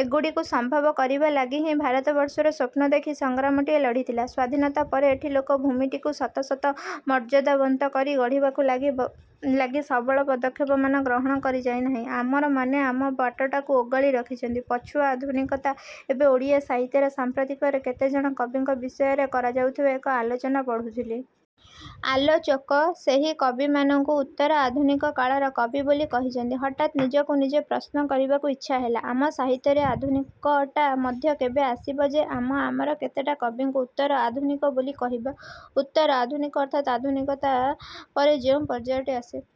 ଏହିଗୁଡ଼ିକୁ ସମ୍ଭବ କରିବା ଲାଗି ହିଁ ଭାରତବର୍ଷ ସ୍ଵପ୍ନ ଦେଖି ସଂଗ୍ରାମଟିଏ ଲଢ଼ିଥିଲା। ସ୍ୱାଧୀନତା ପରେ ଏଠି ଲୋକ-ଭୂମିଟିକୁ ସତକୁ ସତ ମର୍ଯ୍ୟାଦାବନ୍ତ କରି ଗଢ଼ିବା ଲାଗି ସବଳ ପଦକ୍ଷେପମାନ ଗ୍ରହଣ କରାଯାଇନାହିଁ। ଆମର ମାନେ ଆମ ବାଟଟାକୁ ଓଗାଳି ରଖିଛନ୍ତି। ପଛୁଆ ଆଧୁନିକତା ଏବେ ଓଡ଼ିଆ ସାହିତ୍ୟରେ ସାଂପ୍ରତିକ କେତେଜଣ କବିଙ୍କ ବିଷୟରେ କରାଯାଇଥିବା ଏକ ଆଲୋଚନା ପଢୁଥିଲି। ଆଲୋଚକ ସେହି କବିମାନଙ୍କୁ ଉତ୍ତର ଆଧୁନିକ କାଳର କବି ବୋଲି କହିଛନ୍ତି। ହଠାତ୍ ନିଜକୁ ନିଜେ ପ୍ରଶ୍ନ କରିବାକୁ ଇଚ୍ଛା ହେଲା, ଆମ ସାହିତ୍ୟରେ ଆଧୁନିକଟା ମଧ୍ୟ କେବେ ଆସିଲା ଯେ। ଆମେ ଆମର କେତେକ କବିଙ୍କୁ ଉତ୍ତର-ଆଧୁନିକ ବୋଲି କହିବା? ଉତ୍ତର-ଆଧୁନିକ ଅର୍ଥାତ୍ ଆଧୁନିକ ପରେ ଯେଉଁ ପର୍ଯ୍ୟାୟଟି ଆସେ।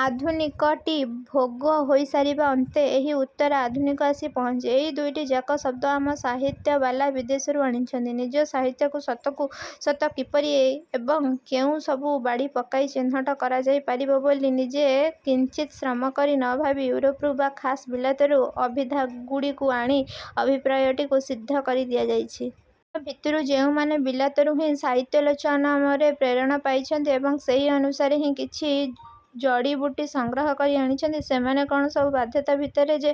ଆଧୁନିକଟି ଭୋଗ ହୋଇସାରିବା ଅନ୍ତେ ଏହି ଉତ୍ତର-ଆଧୁନିକ ଆସି ପହଞ୍ଚେ। ଏହି ଦୁଇଟିଯାକ ଶବ୍ଦ ଆମ ସାହିତ୍ୟବାଲା ବିଦେଶରୁ ଆଣିଛନ୍ତି। ନିଜ ସାହିତ୍ୟକୁ ସତକୁ ସତ କିପରି ଏବଂ କେଉଁ ସବୁ ବାଡ଼ି ପକାଇ ଚିହ୍ନଟ କରାଯାଇ ପାରିବ ବୋଲି ନିଜେ କିଞ୍ଚିତ୍ ଶ୍ରମ କରି ନଭାବି ଇଉରୋପରୁ ବା ଖାସ୍ ବିଲାତରୁ ଅଭିଧାଗୁଡ଼ିକୁ ଆଣି ଅଭିପ୍ରାୟଟିକୁ ସିଦ୍ଧ କରି ଦିଆଯାଇଛି। ଆମ ଭିତରୁ ଯେଉଁମାନେ ବିଲାତରୁ ହିଁ ସାହିତ୍ୟାଲୋଚନାର ପ୍ରେରଣା ପାଇଛନ୍ତି ଏବଂ ସେହି ଅନୁସାରେ ହିଁ କିଛି ଜଡ଼ୀବୁଟି ସଂଗ୍ରହ କରି ଆଣିଛନ୍ତି, ସେମାନେ କ'ଣସବୁ ବାଧ୍ୟତା ଭିତରେ ଯେ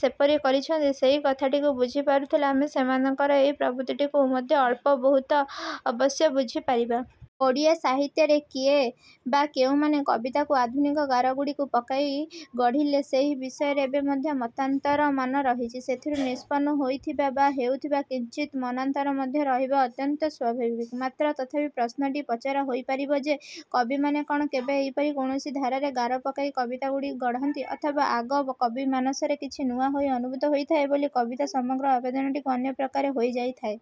ସେପରି କରିଛନ୍ତି, ସେହି କଥାଟିକୁ ବୁଝି ପାରୁଥିଲେ ଆମେ ସେମାନଙ୍କର ଏହି ପ୍ରବୃତ୍ତିଟିକୁ ମଧ୍ୟ ଅଳ୍ପବହୁତ ଅବଶ୍ୟ ବୁଝିପାରିବା। ଓଡ଼ିଆ ସାହିତ୍ୟରେ କିଏ ବା କେଉଁମାନେ କବିତାକୁ ଆଧୁନିକ ଗାରଗୁଡ଼ିକୁ ପକାଇ ଗଢ଼ିଲେ, ସେହି ବିଷୟରେ ଏବେ ମଧ୍ୟ ମତାନ୍ତରମାନ ରହିଛି, ସେଥିରୁ ନିଷ୍ପନ୍ନ ହୋଇଥିବା ବା ହେଉଥିବା କିଞ୍ଚିତ୍ ମନାନ୍ତର ମଧ୍ୟ ରହିବା ଅତ୍ୟନ୍ତ ସ୍ୱାଭାବିକ। ମାତ୍ର ତଥାପି ପ୍ରଶ୍ନଟିଏ ପଚରା ହୋଇପାରିବ ଯେ, କବିମାନେ କ'ଣ କେବେ ଏହିପରି କୌଣସି ଧାରାରେ ଗାର ପକାଇ କବିତାକୁ ଗଢ଼ନ୍ତି, ଅଥବା ଆଗ କବିମାନସରେ କିଛି ନୂଆ ହୋଇ ଅନୁଭୂତ ହୋଇଥାଏ ବୋଲି କବିତାର ସମଗ୍ର ଆବେଦନଟି ଅନ୍ୟପ୍ରକାର ହୋଇଯାଇଥାଏ?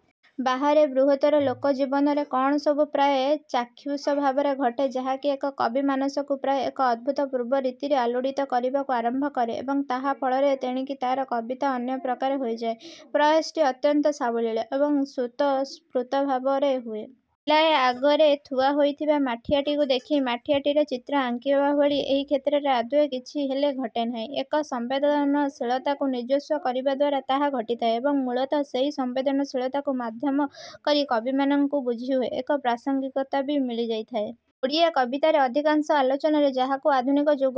ବାହାରେ ବୃହତ୍ତର ଲୋକଜୀବନରେ କ'ଣ ସବୁ ପ୍ରାୟ ଚାକ୍ଷୁଷ ଭାବରେ ଘଟେ, ଯାହାକି ଏକ କବିମାନସକୁ ପ୍ରାୟ ଏକ ଅଭୂତପୂର୍ବ ରୀତିରେ ଆଲୋଡ଼ିତ କରିବାକୁ ଆରମ୍ଭ କରେ ଏବଂ ତାହା ଫଳରେ ତେଣିକି ତା'ର କବିତା ଅନ୍ୟପ୍ରକାରେ ହୋଇଯାଏ। ପ୍ରୟାସଟି ଅତ୍ୟନ୍ତ ସାବଲୀଳ ଏବଂ ସ୍ୱତଃସ୍ଫୁର୍ତ୍ତ ଭାବରେ ହୁଏ। ପିଲାଏ ଆଗରେ ଥୁଆ ହୋଇଥିବା ମାଠିଆଟିକୁ ଦେଖି ମାଠିଆଟିର ଚିତ୍ର ଆଙ୍କିବା ଭଳି ଏହି କ୍ଷେତ୍ରରେ ଆଦୌ କିଛି ହେଲେ ଘଟେ ନାହିଁ। ଏକ ସଂବେଦନଶୀଳତାକୁ ନିଜସ୍ୱ କରିବା ଦ୍ଵାରା ତାହା ଘଟିଥାଏ। ଏବଂ, ମୂଳତଃ ସେହି ସଂବେଦନଶୀଳତାକୁ ମାଧ୍ୟମ କରି କବିମାନଙ୍କୁ ବୁଝିହୁଏ, ଏକ ପ୍ରାସଙ୍ଗିକତା ବି ମିଳିଯାଇଥାଏ। ଓଡ଼ିଆ କବିତାରେ ଅଧିକାଂଶ ଆଲୋଚନାରେ ଯାହାକୁ ଆଧୁନିକ ଯୁଗ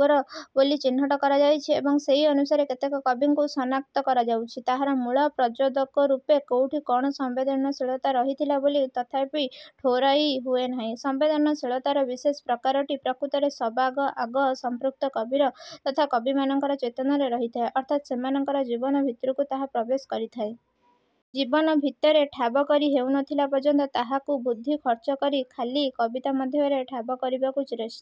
ବୋଲି ଚିହ୍ନଟ କରାଯାଉଛି ଏବଂ ସେହି ଅନୁସାରେ କେତେକ କବିଙ୍କୁ ଶନାକ୍ତ କରାଯାଉଛି, ତାହାର ମୂଳ ପ୍ରଚୋଦକରୂପେ କୋଉଠି କ'ଣ ସମ୍ବେଦନଶୀଳତା ରହିଥିଲା ବୋଲି ତଥାପି ଠଉରାଇ ହୁଏନାହିଁ। ସମ୍ବେଦନଶୀଳତାର ବିଶେଷ ପ୍ରକାରଟି ପ୍ରକୃତରେ ସବାଆଗ ସଂପୃକ୍ତ କବିର ତଥା କବିମାନଙ୍କର ଚେତନାରେ ରହିଥାଏ, ଅର୍ଥାତ୍ ସେମାନଙ୍କର ଜୀବନ ଭିତରକୁ ତାହା ପ୍ରବେଶ କରିଥାଏ। ଜୀବନ ଭିତରେ ଠାବ କରି ହେଉନଥିଲା ପର୍ଯ୍ୟନ୍ତ ତାହାକୁ ବୁଦ୍ଧି ଖର୍ଚ୍ଚ କରି ଖାଲି କବିତା ମଧ୍ୟରେ ଠାବ କରିବାକୁ ଚେଷ୍ଟା